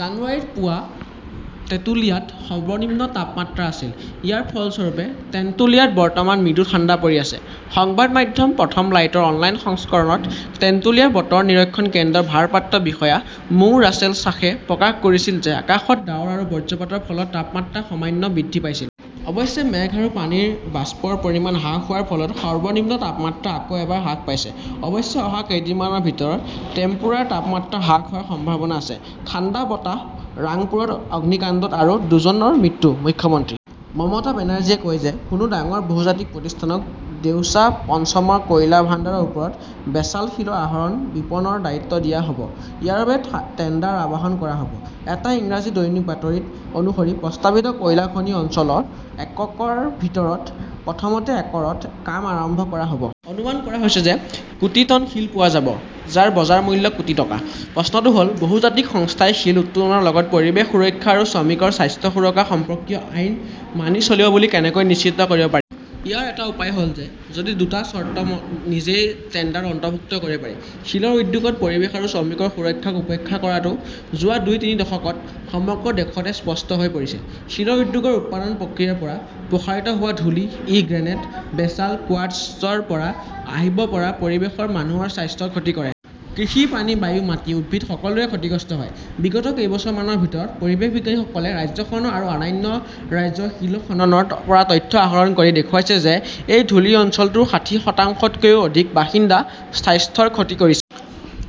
জানুৱাৰীত পুৱা তেঁতুলিয়াত সৰ্বনিম্ন তাপমাত্ৰা আছিল । ইয়াৰ ফলস্বৰূপে, টেন্টুলিয়াত বৰ্তমান মৃদু ঠাণ্ডা পৰি আছে। সংবাদ মাধ্যম প্ৰথম লাইটৰ অনলাইন সংস্কৰণত টেন্টুলিয়া বতৰ নিৰীক্ষণ কেন্দ্ৰৰ ভাৰপ্ৰাপ্ত বিষয়া মো. ৰাছেল শ্বাহে প্ৰকাশ কৰিছিল যে আকাশত ডাৱৰ আৰু বজ্ৰপাতৰ ফলত তাপমাত্ৰা সামান্য বৃদ্ধি পাইছিল। অৱশ্যে, মেঘ আৰু পানীৰ বাষ্পৰ পৰিমাণ হ্ৰাস হোৱাৰ ফলত সৰ্বনিম্ন তাপমাত্ৰা আকৌ এবাৰ হ্ৰাস পাইছে। অৱশ্যে, অহা কেইদিনমানৰ ভিতৰত টেম্পুৰাৰ তাপমাত্ৰা আৰু হ্ৰাস হোৱাৰ সম্ভাৱনা আছে। ঠাণ্ডা বতাহ ৰাংপুৰত অগ্নিকাণ্ডত আৰু দুজনৰ মৃত্যু ।মুখ্যমন্ত্ৰী মমতা বেনাৰ্জীয়ে কয় যে কোনো ডাঙৰ বহুজাতিক প্ৰতিষ্ঠানক দেউচা-পঞ্চমৰ কয়লা ভাণ্ডাৰৰ ওপৰত বেচাল্ট শিল আহৰণ আৰু বিপণনৰ দায়িত্ব দিয়া হ 'ব। ইয়াৰ বাবে টেণ্ডাৰ আহ্বান কৰা হ'ব। এটা ইংৰাজী দৈনিকৰ বাতৰি অনুসৰি, প্ৰস্তাৱিত কয়লা খনি অঞ্চলৰ একৰৰ ভিতৰত প্ৰথমতে একৰত কাম আৰম্ভ কৰা হ'ব। অনুমান কৰা হৈছে যে কোটি টন শিল পোৱা যাব, যাৰ বজাৰ মূল্য কোটি টকা। প্ৰশ্নটো হ 'ল, বহুজাতিক সংস্থাই শিল উত্তোলনৰ লগতে পৰিৱেশ সুৰক্ষা আৰু শ্ৰমিকৰ স্বাস্থ্য সুৰক্ষা সম্পৰ্কীয় আইন মানি চলিব বুলি কেনেকৈ নিশ্চিত কৰিব পাৰি? ইয়াৰ এটা উপায় হ'ল, যদি এই দুটা চৰ্ত নিজেই টেণ্ডাৰত অন্তৰ্ভুক্ত কৰিব পাৰি। শিলৰ উদ্যোগত পৰিৱেশ আৰু শ্ৰমিকৰ সুৰক্ষাক উপেক্ষা কৰাটো যোৱা দুই-তিনি দশকত সমগ্ৰ দেশতে স্পষ্ট হৈ পৰিছে। শিল উদ্যোগৰ উৎপাদন প্ৰক্ৰিয়াৰ পৰা প্ৰসাৰিত হোৱা ধূলি-ই গ্ৰেনেট, বেচাল্ট, কোৱাৰ্টজ য 'ৰ পৰা আহিব পাৰে-পৰিৱেশৰ মানুহৰ স্বাস্থ্যৰ ক্ষতি কৰে। কৃষি, পানী, বায়ু, মাটি, উদ্ভিদ, সকলোবোৰ ক্ষতিগ্ৰস্ত হয়। বিগত কেইবছৰমানৰ ভিতৰত পৰিৱেশবিজ্ঞানীসকলে ৰাজ্যখনৰ আৰু অন্যান্য ৰাজ্যৰ শিল খননৰ পৰা তথ্য আহৰণ কৰি দেখুৱাইছে যে এই ধূলি অঞ্চলটোৰ ষাঠি শতাংশতকৈও অধিক বাসিন্দাৰ স্বাস্থ্যৰ ক্ষতি কৰিছে।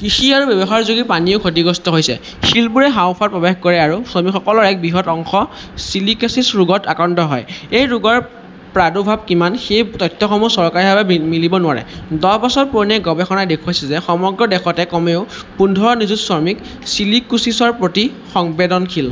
কৃষি আৰু ব্যৱহাৰযোগ্য পানীও ক্ষতিগ্ৰস্ত হৈছে। শিলবোৰে হাঁওফাঁওত প্ৰৱেশ কৰে আৰু শ্ৰমিকসকলৰ এক বৃহৎ অংশ চিলিকোছিছ ৰোগত আক্ৰান্ত হয়। এই ৰোগৰ প্ৰাদুৰ্ভাৱ কিমান, সেই তথ্যসমূহ চৰকাৰীভাৱে মিলিব নোৱাৰে। দহ বছৰ পুৰণি এক গৱেষণাই দেখুৱাইছে যে সমগ্ৰ দেশতে কমেও পোন্ধৰ নিযুত শ্ৰমিক চিলিকোছিছৰ প্ৰতি সংবেদনশীল।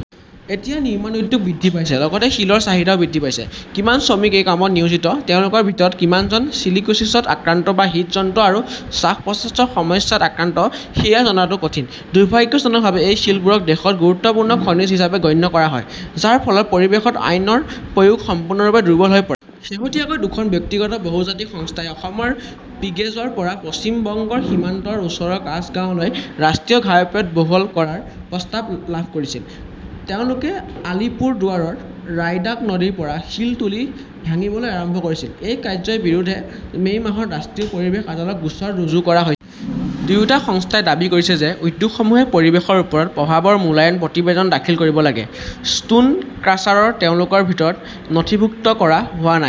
এতিয়া নিৰ্মাণ উদ্যোগ বৃদ্ধি পাইছে লগতে শিলৰ চাহিদাও বৃদ্ধি পাইছে। কিমান শ্ৰমিক এই কামত নিয়োজিত, তেওঁলোকৰ ভিতৰত কিমানজন চিলিকোচিছত আক্ৰান্ত বা হৃদযন্ত্ৰ আৰু শ্বাস-প্ৰশ্বাসৰ সমস্যাত আক্ৰান্ত, সেয়া জনাটো কঠিন। দুৰ্ভাগ্যজনকভাৱে, এই শিলবোৰক দেশত গুৰুত্বপূৰ্ণ খনিজ হিচাপে গণ্য কৰা হয়, যাৰ ফলত পৰিৱেশগত আইনৰ প্ৰয়োগ সম্পূৰ্ণৰূপে দুৰ্বল হৈ পৰে। শেহতীয়াকৈ দুখন ব্যক্তিগত বহুজাতিক সংস্থাই অসমৰ পিগেজৰ পৰা পশ্চিম বংগৰ সীমান্তৰ ওচৰৰ কাছগাঁওলৈ ৰাষ্ট্ৰীয় ঘাইপথ বহল কৰাৰ প্ৰস্তাৱ লাভ কৰিছিল। তেওঁলোকে আলীপুৰদুৱাৰৰ ৰায়ডাক নদীৰ পৰা শিল তুলি ভাঙিবলৈ আৰম্ভ কৰিছিল। এই কাৰ্য্যৰ বিৰুদ্ধে মে মাহত ৰাষ্ট্ৰীয় পৰিৱেশ আদালতত গোচৰ ৰুজু কৰা হৈছিল। দুয়োটা সংস্থাই দাবী কৰিছে যে, উদ্যোগসমূহে পৰিৱেশৰ ওপৰত প্ৰভাৱৰ মূল্যায়নৰ প্ৰতিবেদন দাখিল কৰিব লাগিব, ষ্টোন ক্ৰাছাৰ তেওঁলোকৰ ভিতৰত নথিভুক্ত কৰা হোৱা নাই।